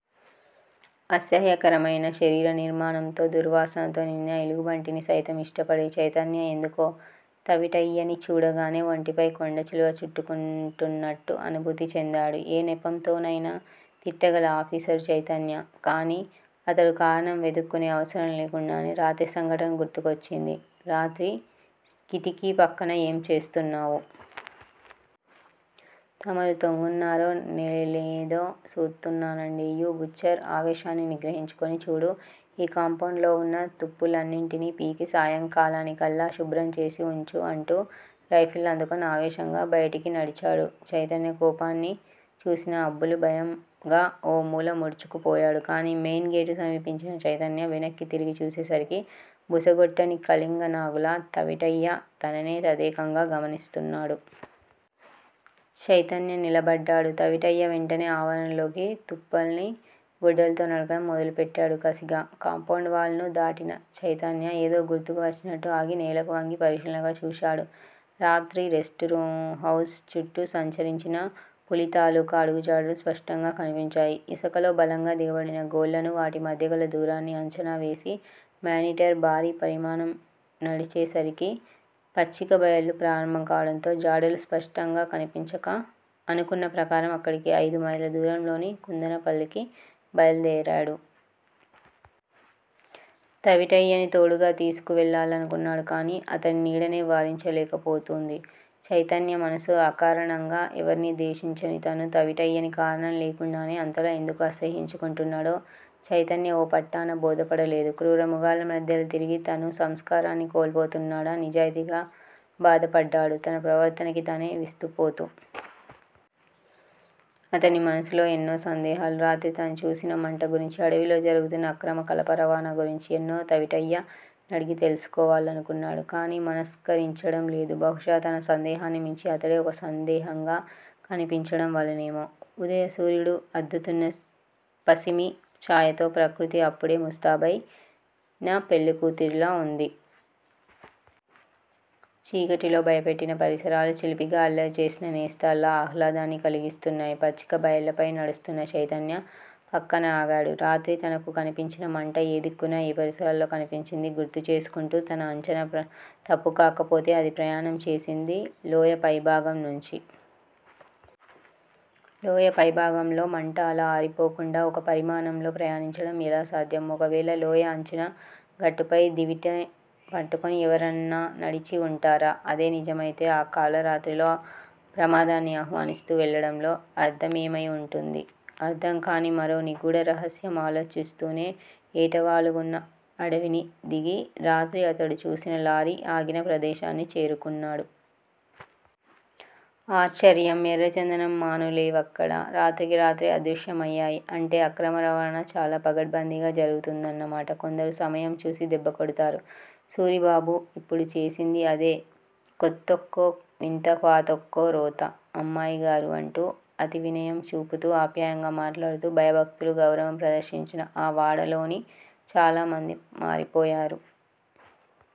అసహ్యకరమయిన శరీర నిర్మాణంతో, దుర్వాసనతో నిండిన ఎలుగుబంటిని సైతం ఇష్టపడే చైతన్య ఎందుకో తవిటయ్యని చూడగానే ఒంటిపై కొండచిలువ చుట్టుకుంటున్నట్టు అనుభూతి చెందాడు. ఏ నెపంతోనయినా తిట్టగల ఆఫీసరు చైతన్య. కాని, అతడు కారణం వెదుక్కునే అవసరం లేకుండానే రాత్రి సంఘటన గుర్తుకొచ్చింది. రాత్రి కిటికీ పక్కన ఏం చేస్తున్నావు? తమరు తొంగున్నారో, నేదో సూతున్నానండి. You butcher! ఆవేశాన్ని నిగ్రహించుకుని, చూడూ! ఈ కాంపౌండ్ లోవున్న తుప్పులన్నింటినీ పీకి సాయంకాలానికల్లా శుభ్రం చేసి వుంచు అంటూ రైఫిల్ అందుకుని ఆవేశంగా బయటికినడిచాడు. చైతన్య కోపాన్ని చూసిన అబ్బులు భయంగా ఓమూల ముడుచుకు పోయాడు. కాని__ మెయిన్ గేటు సమీపించిన చైతన్య వెనక్కి తిరిగి చూసేసరికి బుసకొట్టని కళింగనాగులా తవిటయ్య తననే తదేకంగా గమనిస్తున్నాడు. చైతన్య నిలబడ్డాడు. తవిటయ్య వెంటనే ఆవరణలోకి తుప్పల్ని గొడ్డలితో నరకడం మొదలు పెట్టాడు కసిగా. కాంపౌండ్ వాల్ ను దాటిన చైతన్య ఏదో గుర్తు వచ్చినట్టు ఆగి నేలకు వంగి పరిశీలనగా చూశాడు. రాత్రి రెస్టుహౌస్ చుట్టూ సంచరించిన పులితాలూకు అడుగుజాడలు స్పష్టంగా కనిపించాయి. ఇసకలో బలంగా దిగబడిన గోళ్ళను వాటి మధ్యగల దూరాన్ని అంచనావేసి మేనీటర్ భారీ పరిమాణం నడిచేసరికి పచ్చిక బయలు ప్రారంభం కావడంతో జాడలు స్పష్టంగా కనిపించక, అనుకున్న ప్రకారం అక్కడికి అయిదు మైళ్ళ దూరంలోని కుందనపల్లికి బయలుదేరాడు. తవిటయ్యని తోడుగా తీసుకు వెళ్ళాలనుకున్నాడు కాని, అతని నీడనే వారించలేకపోతూంది చైతన్య మనసు. ఆకారణంగా ఎవర్నీ ద్వేషించని తను తవిటయ్యని కారణం లేకుండానే అంతలా ఎందుకు అసహ్యించుకుంటున్నాడో చైతన్య ఓ పట్టాన బోధపడలేదు. క్రూరమృగాల మధ్య తిరిగి తనూ సంస్కారాన్ని కోల్పోతున్నాడా? నిజాయితీగా బాధపడ్డాడు తన ప్రవర్తనకి తనే విస్తుపోతూ. అతని మనసులో ఎన్నో సందేహాలూ రాత్రి తనుచూసిన మంట గురించి, అడవిలో జరుగుతున్న అక్రమ కలప రవాణాగురించి ఎన్నో తవిటయ్య నడిగి తెలుసుకోవాలనుకున్నాడు. కాని, మనస్కరించడంలేదు. బహుశా తన సందేహాన్ని మించి అతడే ఓ సందేహంగా కనిపించటం వలనేమో. ఉదయ సూర్యుడు అద్దుతున్న పసిమి చాయతో ప్రకృతి అప్పుడే ముస్తాబైన పెళ్ళికూతురిలా వుంది. చీకటిలో భయపెట్టిన పరిసరాలు చిలిపిగా అల్లరిచేసిన నేస్తాల్లా ఆహ్లాదాన్ని కలిగిస్తున్నాయి. పచ్చిక బయళ్ళపై నడుస్తున్న చైతన్య పక్కన ఆగాడు, రాత్రి తనకు కనిపించిన మంట ఏ దిక్కుగా, ఏ పరిసరాల్లో కనిపించిందీ గుర్తు చేసుకుంటూ. తన అంచనా తప్పుకాకపోతే అది ప్రయాణం చేసింది లోయ పైభాగం నుంచి. లోయ పైభాగంలో మంట అలా ఆరిపోకుండా ఒక పరిమాణంలో ప్రయాణించడం ఎలా సాధ్యం. ఒకవేళ లోయ అంచున గట్టుపై దివిటీ పట్టుకుని ఎవరన్నానడిచి ఉంటారా? అదే నిజమయితే ఆ కాళరాత్రిలో ప్రమాదాన్ని ఆహ్వానిస్తూ వెళ్ళడంలో అర్ధమేమయి వుంటుంది? అర్ధం కాని మరో నిగూఢ రహస్యం. ఆలోచిస్తూనే ఏటవాలుగావున్న అడవిని దిగి రాత్రి అతడు చూసిన లారీ ఆగిన ప్రదేశాన్ని చేరుకున్నాడు. ఆశ్చర్యం. ఎర్రచందనం మానుల్లేవక్కడ. రాత్రికి రాత్రే అదృశ్యమయ్యాయి. అంటే అక్రమ రవాణా చాలా పకడ్భందీగా జరుగుతుందన్నమాట. కొందరు సమయంచూసి దెబ్బకొడతారు. సూరిబాబు ఇప్పుడు చేసింది అదే. కొత్తొక వింత పాతొక రోత! అమ్మాయిగారూ! అంటూ అతివినయం చూపుతూ ఆప్యాయంగా మాట్లాడుతూ భయభక్తులు గౌరవం ప్రదర్శించిన ఆ వాడలోని చాలామంది మారిపోయారు.